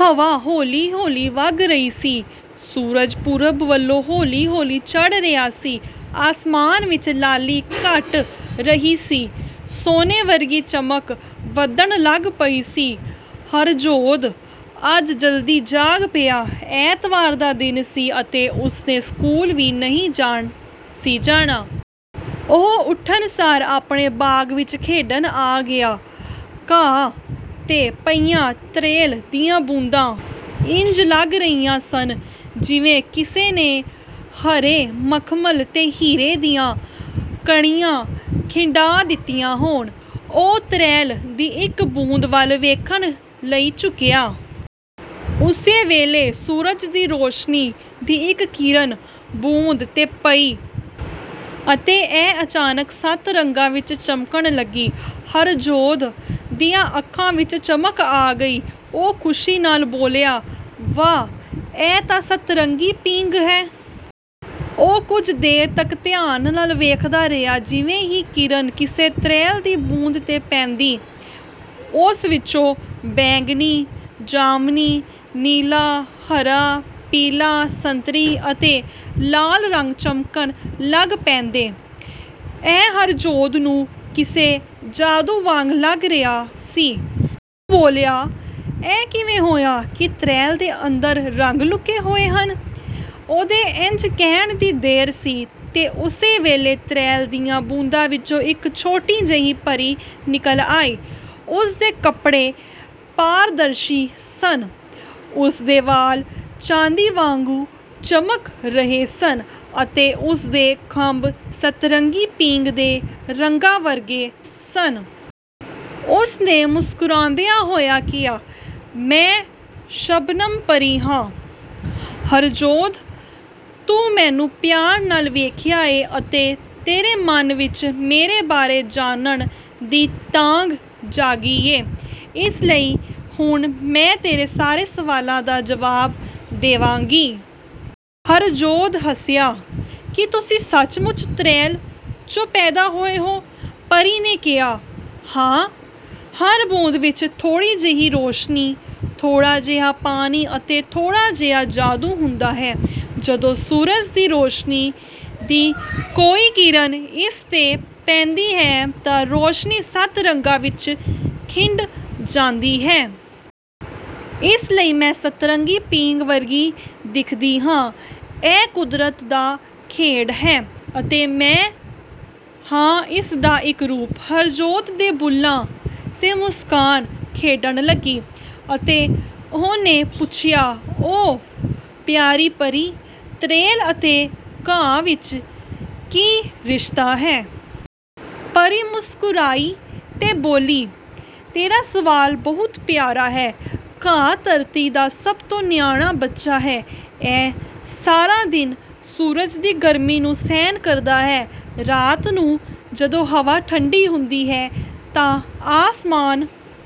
ਹਵਾ ਹੌਲੀ ਹੌਲੀ ਵਗ ਰਹੀ ਸੀ। ਸੂਰਜ ਪੂਰਬ ਵੱਲੋਂ ਹੌਲੀ-ਹੌਲੀ ਚੜ੍ਹ ਰਿਹਾ ਸੀ। ਅਸਮਾਨ ਵਿੱਚ ਲਾਲੀ ਘਟ ਰਹੀ ਸੀ, ਸੋਨੇ ਵਰਗੀ ਚਮਕ ਵੱਧਣ ਲੱਗ ਪਈ ਸੀ। ਹਰਜੋਧ ਅੱਜ ਜਲਦੀ ਜਾਗ ਪਿਆ। ਐਤਵਾਰ ਦਾ ਦਿਨ ਸੀ ਅਤੇ ਉਹਨੇ ਸਕੂਲ ਵੀ ਨਹੀਂ ਸੀ ਜਾਣਾ। ਉਹ ਉੱਠਣਸਾਰ ਆਪਣੇ ਬਾਗ਼ ਵਿੱਚ ਖੇਡਣ ਆ ਗਿਆ। ਘਾਹ 'ਤੇ ਪਈਆਂ ਤ੍ਰੇਲ ਦੀਆਂ ਬੂੰਦਾਂ ਇੰਞ ਲੱਗ ਰਹੀਆਂ ਸਨ, ਜਿਵੇਂ ਕਿਸੇ ਨੇ ਹਰੇ ਮਖਮਲ 'ਤੇ ਹੀਰੇ ਦੀਆਂ ਕਣੀਆਂ ਖਿੰਡਾ ਦਿੱਤੀਆਂ ਹੋਣ। ਉਹ ਤ੍ਰੇਲ ਦੀ ਇੱਕ ਬੂੰਦ ਵੱਲ ਵੇਖਣ ਲਈ ਝੁਕਿਆ। ਉਸੇ ਵੇਲੇ, ਸੂਰਜ ਦੀ ਰੌਸ਼ਨੀ ਦੀ ਇੱਕ ਕਿਰਨ ਬੂੰਦ 'ਤੇ ਪਈ ਅਤੇ ਇਹ ਅਚਾਨਕ ਸੱਤ ਰੰਗਾਂ ਵਿੱਚ ਚਮਕਣ ਲੱਗੀ। ਹਰਜੋਧ ਦੀਆਂ ਅੱਖਾਂ ਵਿੱਚ ਚਮਕ ਆ ਗਈ। ਉਹ ਖੁਸ਼ੀ ਨਾਲ ਬੋਲਿਆ "ਵਾਹ! ਇਹ ਤਾਂ ਸਤਰੰਗੀ ਪੀਂਘ ਹੈ।" ਉਹ ਕੁਝ ਦੇਰ ਤੱਕ ਧਿਆਨ ਨਾਲ ਵੇਖਦਾ ਰਿਹਾ। ਜਿਵੇਂ ਹੀ ਕਿਰਨ ਕਿਸੇ ਤ੍ਰੇਲ ਦੀ ਬੂੰਦ 'ਤੇ ਪੈਂਦੀ, ਉਸ ਵਿੱਚੋਂ ਬੈਂਗਣੀ, ਜਾਮਨੀ, ਨੀਲਾ, ਹਰਾ, ਪੀਲਾ, ਸੰਤਰੀ ਅਤੇ ਲਾਲ ਰੰਗ ਚਮਕਣ ਲੱਗ ਪੈਂਦੇ। ਇਹ ਹਰਜੋਧ ਨੂੰ ਕਿਸੇ ਜਾਦੂ ਵਾਂਗ ਲੱਗ ਰਿਹਾ ਸੀ। ਉਹ ਬੋਲਿਆ, "ਇਹ ਕਿਵੇਂ ਹੋਇਆ, ਕੀ ਤ੍ਰੇਲ ਦੇ ਅੰਦਰ ਰੰਗ ਲੁਕੇ ਹੋਏ ਹਨ?" ਉਹਦੇ ਇੰਞ ਕਹਿਣ ਦੀ ਦੇਰ ਸੀ ਤੇ ਉਸੇ ਵੇਲੇ ਤ੍ਰੇਲ ਦੀਆਂ ਬੂੰਦਾਂ ਵਿੱਚੋਂ ਇੱਕ ਛੋਟੀ ਜਿਹੀ ਪਰੀ ਨਿਕਲ ਆਈ। ਉਸਦੇ ਕੱਪੜੇ ਪਾਰਦਰਸ਼ੀ ਸਨ, ਉਸਦੇ ਵਾਲ ਚਾਂਦੀ ਵਾਂਗੂੰ ਚਮਕ ਰਹੇ ਸਨ, ਅਤੇ ਉਸਦੇ ਖੰਭ ਸਤਰੰਗੀ ਪੀਂਘ ਦੇ ਰੰਗਾਂ ਵਰਗੇ ਸਨ। ਉਸਨੇ ਮੁਸਕਰਾਉਂਦੇ ਹੋਏ ਕਿਹਾ, "ਮੈਂ ਸ਼ਬਨਮ ਪਰੀ ਹਾਂ। ਹਰਜੋਧ ਤੂੰ ਮੈਨੂੰ ਪਿਆਰ ਨਾਲ ਵੇਖਿਆ ਏ ਅਤੇ ਤੇਰੇ ਮਨ ਵਿੱਚ ਮੇਰੇ ਬਾਰੇ ਜਾਨਣ ਦੀ ਤਾਂਘ ਜਾਗੀ ਏ, ਇਸ ਲਈ ਹੁਣ ਮੈਂ ਤੇਰੇ ਸਾਰੇ ਸਵਾਲਾਂ ਦੇ ਜਵਾਬ ਦੇਵਾਂਗੀ।" ਹਰਜੋਧ ਹੱਸਿਆ, "ਕੀ ਤੁਸੀਂ ਸੱਚਮੁੱਚ ਤ੍ਰੇਲ 'ਚੋਂ ਪੈਦਾ ਹੋਏ ਹੋ?" ਪਰੀ ਨੇ ਕਿਹਾ, "ਹਾਂ, ਹਰ ਬੂੰਦ ਵਿੱਚ ਥੋੜ੍ਹੀ ਜਿਹੀ ਰੌਸ਼ਨੀ, ਥੋੜ੍ਹਾ ਜਿਹਾ ਪਾਣੀ ਅਤੇ ਥੋੜ੍ਹਾ ਜਿਹਾ ਜਾਦੂ ਹੁੰਦਾ ਹੈ। ਜਦੋਂ ਸੂਰਜ ਦੀ ਰੌਸ਼ਨੀ ਦੀ ਕੋਈ ਕਿਰਨ ਇਸ 'ਤੇ ਪੈਂਦੀ ਹੈ, ਤਾਂ ਰੌਸ਼ਨੀ ਸੱਤ ਰੰਗਾਂ ਵਿੱਚ ਖਿੰਡ ਜਾਂਦੀ ਹੈ। ਇਸ ਲਈ ਮੈਂ ਸਤਰੰਗੀ ਪੀਂਘ ਵਰਗੀ ਦਿਖਦੀ ਹਾਂ ਇਹ ਕੁਦਰਤ ਦਾ ਖੇਡ ਹੈ, ਅਤੇ ਮੈਂ ਹਾਂ ਇਸਦਾ ਇੱਕ ਰੂਪ।" ਹਰਜੋਧ ਦੇ ਬੁੱਲ੍ਹਾਂ 'ਤੇ ਮੁਸਕਾਨ ਖੇਡਣ ਲੱਗੀ, ਅਤੇ ਉਹਨੇ ਪੁੱਛਿਆ, "ਓ, ਪਿਆਰੀ ਪਰੀ, ਤ੍ਰੇਲ ਅਤੇ ਘਾਹ ਵਿੱਚ ਕੀ ਰਿਸ਼ਤਾ ਹੈ?" ਪਰੀ ਮੁਸਕਰਾਈ ਤੇ ਬੋਲੀ, "ਤੇਰਾ ਸਵਾਲ ਬਹੁਤ ਪਿਆਰਾ ਹੈ। ਘਾਹ ਧਰਤੀ ਦਾ ਸਭ ਤੋਂ ਨਿਮਾਣਾ ਬੱਚਾ ਹੈ। ਇਹ ਸਾਰਾ ਦਿਨ ਸੂਰਜ ਦੀ ਗਰਮੀ ਨੂੰ ਸਹਿਣ ਕਰਦਾ ਹੈ, ਰਾਤ ਨੂੰ, ਜਦੋਂ ਹਵਾ ਠੰਢੀ ਹੁੰਦੀ ਹੈ ਤਾਂ ਆਸਮਾਨ